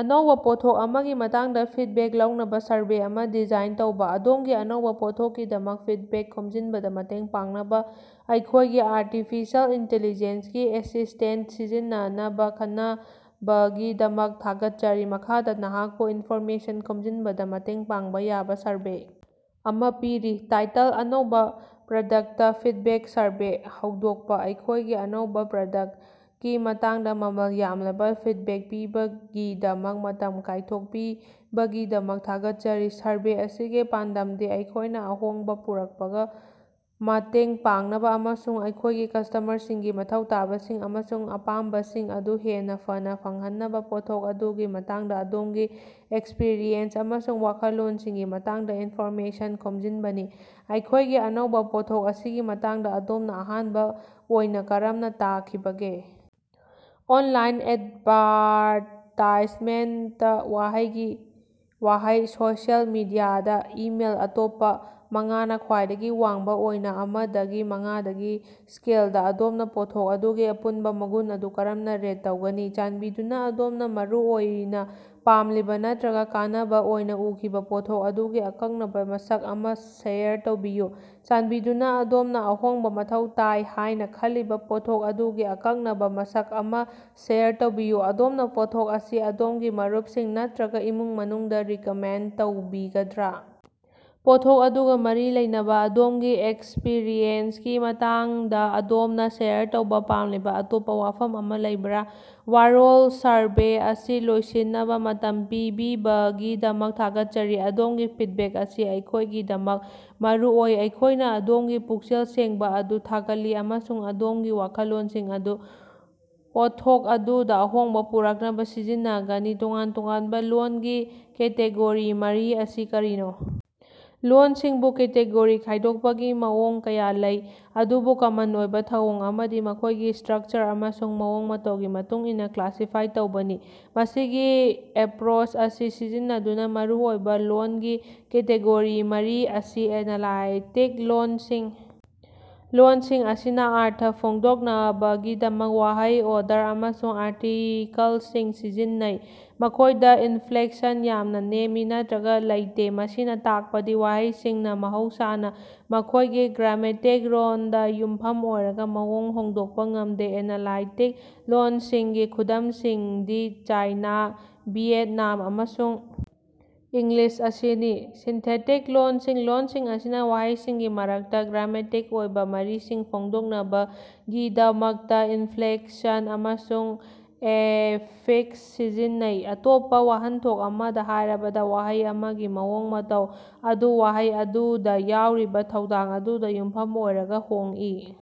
ꯑꯅꯧꯕ ꯄꯣꯠꯊꯣꯛ ꯑꯃꯒꯤ ꯃꯇꯥꯡꯗ ꯐꯤꯗꯕꯦꯛ ꯂꯧꯅꯕ ꯁꯔꯚꯦ ꯑꯃ ꯗꯤꯖꯥꯏꯟ ꯇꯧꯕ꯫ ꯑꯗꯣꯝꯒꯤ ꯑꯅꯧꯕ ꯄꯣꯠꯊꯣꯛꯀꯤꯗꯃꯛ ꯐꯤꯗꯕꯦꯛ ꯈꯣꯝꯖꯤꯟꯕꯗ ꯃꯇꯦꯡ ꯄꯥꯡꯅꯕ ꯑꯩꯈꯣꯏꯒꯤ ꯑꯥꯔꯇꯤꯐꯤꯁꯤꯑꯦꯜ ꯏꯟꯇꯤꯂꯤꯖꯦꯟꯁ ꯀꯤ ꯑꯦꯁꯤꯁꯇꯦꯟꯇ ꯁꯤꯖꯤꯟꯅꯅꯕ ꯈꯟꯅꯕꯒꯤꯗꯃꯛ ꯊꯥꯒꯠꯆꯔꯤ꯫ ꯃꯈꯥꯗ ꯅꯍꯥꯛꯄꯨ ꯏꯟꯐꯣꯔꯃꯦꯁꯟ ꯈꯣꯝꯖꯤꯟꯕꯗ ꯃꯇꯦꯡ ꯄꯥꯡꯕ ꯌꯥꯕ ꯁꯔꯚꯦ ꯑꯃ ꯄꯤꯔꯤ, ꯇꯥꯏꯇꯜ - ꯑꯅꯧꯕꯥ ꯄ꯭ꯔꯗꯛꯇ ꯐꯤꯗꯕꯦꯛ ꯁꯔꯚꯦ ꯍꯧꯗꯣꯛꯄ - ꯑꯩꯈꯣꯏꯒꯤ ꯑꯅꯧꯕꯥ ꯄ꯭ꯔꯗꯛꯇꯀꯤ ꯃꯇꯥꯡꯗ ꯃꯃꯜ ꯌꯥꯝꯂꯕ ꯐꯤꯗꯕꯦꯛ ꯄꯤꯕꯒꯤꯗꯃꯛ ꯃꯇꯝ ꯀꯥꯏꯊꯣꯛꯄꯤꯕꯒꯤꯗꯃꯛ ꯊꯥꯒꯠꯆꯔꯤ꯫ ꯁꯔꯚꯦ ꯑꯁꯤꯒꯤ ꯄꯥꯟꯗꯝꯗꯤ ꯑꯩꯈꯣꯏꯅ ꯑꯍꯣꯡꯕ ꯄꯨꯔꯛꯄꯗ ꯃꯇꯦꯡ ꯄꯥꯡꯅꯕ ꯑꯃꯁꯨꯡ ꯑꯩꯈꯣꯏꯒꯤ ꯀꯁ꯭ꯇꯃꯔꯁꯤꯡꯒꯤ ꯃꯊꯧ ꯇꯥꯕꯁꯤꯡ ꯑꯃꯁꯨꯡ ꯑꯄꯥꯝꯕꯁꯤꯡ ꯑꯗꯨ ꯍꯦꯟꯅ ꯐꯅꯥ ꯐꯪꯍꯟꯅꯕ ꯄꯣꯠꯊꯣꯛ ꯑꯗꯨꯒꯤ ꯃꯇꯥꯡꯗ ꯑꯗꯣꯝꯒꯤ ꯑꯦꯛꯁꯄ꯭ꯔꯤꯌꯦꯟꯁ ꯑꯃꯁꯨꯡ ꯋꯥꯈꯜꯂꯣꯟꯁꯤꯡꯒꯤ ꯃꯇꯥꯡꯗ ꯏꯟꯐꯣꯔꯃꯦꯁꯟ ꯈꯣꯝꯖꯤꯟꯕꯅꯤ꯫ ꯑꯩꯈꯣꯏꯒꯤ ꯑꯅꯧꯕ ꯄꯣꯠꯊꯣꯛ ꯑꯁꯤꯒꯤ ꯃꯇꯥꯡꯗ ꯑꯗꯣꯝꯅ ꯑꯍꯥꯟꯕ ꯑꯣꯏꯅ ꯀꯔꯝꯅ ꯇꯥꯈꯤꯕꯒꯦ? ꯑꯣꯟꯂꯥꯏꯟ ꯑꯦꯗꯚꯥꯔꯇꯥꯏꯖꯃꯦꯟꯇ ꯋꯥꯍꯩꯒꯤ ꯋꯥꯍꯩ ꯁꯣꯁꯤꯌꯦꯜ ꯃꯤꯗꯤꯌꯥꯗ ꯏꯃꯦꯜ ꯑꯇꯣꯞꯄ ꯃꯉꯥꯅ ꯈ꯭ꯋꯥꯏꯗꯒꯤ ꯋꯥꯡꯕ ꯑꯣꯏꯅ ꯑꯃ ꯗꯒꯤ ꯃꯉꯥꯒꯤ ꯁ꯭ꯀꯦꯜꯗ, ꯑꯗꯣꯝꯅ ꯄꯣꯠꯊꯣꯛ ꯑꯗꯨꯒꯤ ꯑꯄꯨꯟꯕ ꯃꯒꯨꯟ ꯑꯗꯨ ꯀꯔꯝꯅ ꯔꯦꯠ ꯇꯧꯒꯅꯤ? ꯆꯥꯟꯕꯤꯗꯨꯅ ꯑꯗꯣꯝꯅ ꯃꯔꯨꯑꯣꯏꯅ ꯄꯥꯝꯂꯤꯕ ꯅꯠꯇꯔꯒ ꯀꯥꯟꯅꯕ ꯑꯣꯏꯅ ꯎꯈꯤꯕ ꯄꯣꯠꯊꯣꯛ ꯑꯗꯨꯒꯤ ꯑꯀꯛꯅꯕ ꯃꯁꯛ ꯑꯃ ꯁꯦꯌꯔ ꯇꯧꯕꯤꯌꯨ ꯫ꯆꯥꯟꯕꯤꯗꯨꯅ ꯑꯗꯣꯝꯅ ꯑꯍꯣꯡꯕ ꯃꯊꯧ ꯇꯥꯏ ꯍꯥꯏꯅ ꯈꯜꯂꯤꯕ ꯄꯣꯠꯊꯣꯛ ꯑꯗꯨꯒꯤ ꯑꯀꯛꯅꯕꯥ ꯃꯁꯛ ꯑꯃ ꯁꯦꯌꯔ ꯇꯧꯕꯤꯌꯨ꯫ ꯑꯗꯣꯝꯅ ꯄꯣꯠꯊꯣꯛ ꯑꯁꯤ ꯑꯗꯣꯝꯒꯤ ꯃꯔꯨꯞꯁꯤꯡ ꯅꯠꯇꯔꯒ ꯏꯃꯨꯡ ꯃꯅꯨꯡꯗ ꯔꯤꯀꯃꯦꯟꯗ ꯇꯧꯕꯤꯒꯗ꯭ꯔꯥ? ꯄꯣꯠꯊꯣꯛ ꯑꯗꯨꯒ ꯃꯔꯤ ꯂꯩꯅꯕꯥ ꯑꯗꯣꯝꯒꯤ ꯑꯦꯛꯁꯄ꯭ꯔꯤꯌꯦꯟꯁꯀꯤ ꯃꯇꯥꯡꯗ ꯑꯗꯣꯝꯅ ꯁꯦꯌꯔ ꯇꯧꯕ ꯄꯥꯝꯂꯤꯕ ꯑꯇꯣꯞꯄ ꯋꯥꯐꯝ ꯑꯃ ꯂꯩꯕꯔꯥ? ꯋꯥꯔꯣꯜ- ꯁꯔꯚꯦ ꯑꯁꯤ ꯂꯣꯏꯁꯤꯟꯅꯕ ꯃꯇꯝ ꯄꯤꯕꯤꯕꯒꯤꯗꯃꯛ ꯊꯥꯒꯠꯆꯔꯤ, ꯑꯗꯣꯝꯒꯤ ꯐꯤꯗꯕꯦꯛ ꯑꯁꯤ ꯑꯩꯈꯣꯏꯒꯤꯗꯃꯛ ꯃꯔꯨ ꯑꯣꯏ꯫ ꯑꯩꯈꯣꯏꯅ ꯑꯗꯣꯝꯒꯤ ꯄꯨꯛꯆꯦꯜ ꯁꯦꯡꯕ ꯑꯗꯨ ꯊꯥꯒꯠꯂꯤ ꯑꯃꯁꯨꯡ ꯑꯗꯣꯝꯒꯤ ꯋꯥꯈꯜꯂꯣꯟꯁꯤꯡ ꯑꯗꯨ ꯄꯣꯠꯊꯣꯛ ꯑꯗꯨꯗ ꯑꯍꯣꯡꯕ ꯄꯨꯔꯛꯅꯕ ꯁꯤꯖꯤꯟꯅꯒꯅꯤ꯫ ꯇꯣꯉꯥꯟ-ꯇꯣꯉꯥꯟꯕ ꯂꯣꯜꯒꯤ ꯀꯦꯇꯦꯒꯣꯔꯤ ꯃꯔꯤ ꯑꯁꯤ ꯀꯔꯤꯅꯣ? ꯂꯣꯜꯁꯤꯡꯕꯨ ꯀꯦꯇꯦꯒꯣꯔꯤ ꯈꯥꯏꯗꯣꯛꯄꯒꯤ ꯃꯑꯣꯡ ꯀꯌꯥ ꯂꯩ, ꯑꯗꯨꯕꯨ ꯀꯃꯟ ꯑꯣꯏꯕ ꯊꯧꯑꯣꯡ ꯑꯃꯗꯤ ꯃꯈꯣꯏꯒꯤ ꯁ꯭ꯇꯔꯛꯆꯔ ꯑꯃꯁꯨꯡ ꯃꯑꯣꯡ ꯃꯇꯧꯒꯤ ꯃꯇꯨꯡ ꯏꯟꯅ ꯀ꯭ꯂꯥꯁꯤꯐꯥꯏ ꯇꯧꯕꯅꯤ꯫ ꯃꯁꯤꯒꯤ ꯑꯦꯄ꯭ꯔꯣꯆ ꯑꯁꯤ ꯁꯤꯖꯤꯟꯅꯗꯨꯅ ꯃꯔꯨ ꯑꯣꯏꯕ ꯂꯣꯜꯒꯤ ꯀꯦꯇꯦꯒꯣꯔꯤ ꯃꯔꯤ ꯑꯁꯤ - ꯑꯦꯅꯥꯂꯥꯏꯇꯤꯛ ꯂꯣꯜꯁꯤꯡ -ꯂꯣꯜꯁꯤꯡ ꯑꯁꯤꯅ ꯑꯔꯊ ꯐꯣꯡꯗꯣꯛꯅꯕꯒꯤꯗꯃꯛ ꯋꯥꯍꯩ ꯑꯣꯔꯗꯔ ꯑꯃꯁꯨꯡ ꯄꯥꯔꯇꯤꯀꯜꯁꯤꯡ ꯁꯤꯖꯤꯟꯅꯩ꯫ ꯃꯈꯣꯏꯗ ꯏꯟꯐ꯭ꯂꯦꯛꯁꯟ ꯌꯥꯝꯅ ꯅꯦꯝꯃꯤ ꯅꯠꯇꯔꯒ ꯂꯩꯇꯦ, ꯃꯁꯤꯅ ꯇꯥꯛꯄꯗꯤ ꯋꯥꯍꯩꯁꯤꯡꯅ ꯃꯍꯧꯁꯥꯅ ꯃꯈꯣꯏꯒꯤ ꯒ꯭ꯔꯥꯃꯦꯇꯤꯛ ꯔꯣꯜꯗ ꯌꯨꯝꯐꯝ ꯑꯣꯏꯔꯒ ꯃꯑꯣꯡ ꯍꯣꯡꯗꯣꯛꯄ ꯉꯝꯗꯦ꯫ ꯑꯦꯅꯥꯂꯥꯏꯇꯤꯛ ꯂꯣꯜꯁꯤꯡꯒꯤ ꯈꯨꯗꯝꯁꯤꯡꯗꯤ ꯆꯥꯏꯅꯥ, ꯚꯤꯌꯦꯠꯅꯥꯝ ꯑꯃꯁꯨꯡ ꯏꯪꯂꯤꯁ ꯑꯁꯤꯅꯤ꯫ ꯁꯤꯟꯊꯦꯇꯤꯛ ꯂꯣꯜꯁꯤꯡ -ꯂꯣꯜꯁꯤꯡ ꯑꯁꯤꯅ ꯋꯥꯍꯩꯁꯤꯡꯒꯤ ꯃꯔꯛꯇ ꯒ꯭ꯔꯥꯃꯦꯇꯤꯛ ꯑꯣꯏꯕꯥ ꯃꯔꯤꯁꯤꯡ ꯐꯣꯡꯗꯣꯛꯅꯕꯒꯤꯗꯃꯛꯇ ꯏꯟꯐ꯭ꯂꯦꯛꯁꯟ ꯑꯃꯁꯨꯡ ꯑꯦꯐꯤꯛꯁ ꯁꯤꯖꯤꯟꯅꯩ꯫ ꯑꯇꯣꯞꯄꯥ ꯋꯥꯍꯟꯊꯣꯛ ꯑꯃꯗꯥ ꯍꯥꯏꯔꯕꯗꯥ, ꯋꯥꯍꯩ ꯑꯃꯒꯤ ꯃꯑꯣꯡ ꯃꯇꯧ ꯑꯗꯨ ꯋꯥꯍꯩ ꯑꯗꯨꯗꯥ ꯌꯥꯎꯔꯤꯕꯥ ꯊꯧꯗꯥꯡ ꯑꯗꯨꯗꯥ ꯌꯨꯝꯐꯝ ꯑꯣꯏꯔꯒꯥ ꯍꯣꯡꯏ꯫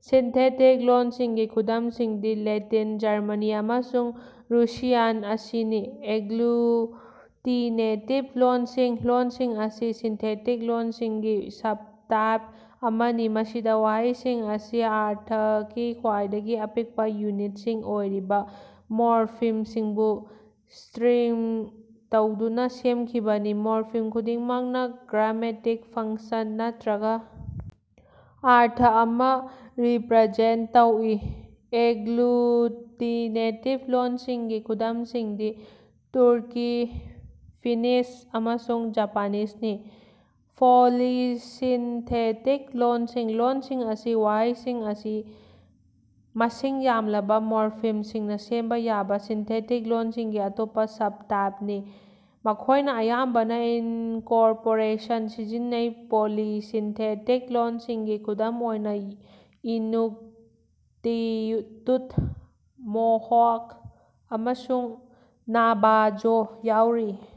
ꯁꯤꯟꯊꯦꯇꯤꯛ ꯂꯣꯜꯁꯤꯡꯒꯤ ꯈꯨꯗꯝꯁꯤꯡꯗꯤ ꯂꯦꯇꯤꯟ, ꯖꯔꯃꯅꯤ ꯑꯃꯁꯨꯡ ꯔꯨꯁꯤꯌꯥꯟ ꯑꯁꯤꯅꯤ꯫ ꯑꯦꯒ꯭ꯂꯨꯇꯤꯅꯦꯇꯤꯕ ꯂꯣꯜꯁꯤꯡ -ꯂꯣꯜꯁꯤꯡ ꯑꯁꯤ ꯁꯤꯟꯊꯦꯇꯤꯛ ꯂꯣꯜꯁꯤꯡꯒꯤ ꯁꯕꯇꯥꯏꯞ ꯑꯃꯅꯤ, ꯃꯁꯤꯗ ꯋꯥꯍꯩꯁꯤꯡ ꯑꯁꯤ ꯑꯔꯊꯒꯤ ꯈ꯭ꯋꯥꯏꯗꯒꯤ ꯑꯄꯤꯛꯄ ꯌꯨꯅꯤꯠꯁꯤꯡ ꯑꯣꯏꯔꯤꯕ ꯃꯣꯔꯐꯤꯝꯁꯤꯡꯕꯨ ꯁ꯭ꯇꯔꯤꯡ ꯇꯧꯗꯨꯅ ꯁꯦꯝꯈꯤꯕꯅꯤ꯫ ꯃꯣꯔꯐꯤꯝ ꯈꯨꯗꯤꯡꯃꯛꯅ ꯒ꯭ꯔꯥꯃꯦꯇꯤꯛ ꯐꯪꯛꯁꯟ ꯅꯠꯇꯔꯒ ꯑꯔꯊ ꯑꯃ ꯔꯤꯄꯔꯖꯦꯟꯇ ꯇꯧꯏ꯫ ꯑꯦꯒ꯭ꯂꯨꯇꯤꯅꯦꯇꯤꯕ ꯂꯣꯜꯁꯤꯡꯒꯤ ꯈꯨꯗꯝꯁꯤꯡꯗꯤ ꯇꯨꯔꯀꯤ, ꯐꯤꯅꯤꯁ ꯑꯃꯁꯨꯡ ꯖꯄꯥꯅꯤꯖꯅꯤ꯫ ꯄꯣꯂꯤꯁꯤꯟꯊꯦꯇꯤꯛ ꯂꯣꯜꯁꯤꯡ - ꯂꯣꯜꯁꯤꯡ ꯑꯁꯤ ꯋꯥꯍꯩꯁꯤꯡ ꯑꯁꯤ ꯃꯁꯤꯡ ꯌꯥꯝꯂꯕꯥ ꯃꯣꯔꯐꯤꯝꯁꯤꯡꯅ ꯁꯦꯝꯕ ꯌꯥꯕ ꯁꯤꯟꯊꯦꯇꯤꯛ ꯂꯣꯜꯁꯤꯡꯒꯤ ꯑꯇꯣꯞꯄ ꯁꯕꯇꯥꯏꯞꯅꯤ꯫ ꯃꯈꯣꯏꯅ ꯑꯌꯥꯝꯕꯅ ꯏꯟꯀꯣꯔꯄꯣꯔꯦꯁꯟ ꯁꯤꯖꯤꯟꯅꯩ꯫ ꯄꯣꯂꯤꯁꯤꯟꯊꯦꯇꯤꯛ ꯂꯣꯜꯁꯤꯡꯒꯤ ꯈꯨꯗꯝ ꯑꯣꯏꯅ ꯏꯅꯨꯛꯇꯤꯇꯨꯠ, ꯃꯣꯍꯥꯛ ꯑꯃꯁꯨꯡ ꯅꯥꯚꯥꯖꯣ ꯌꯥꯎꯔꯤ꯫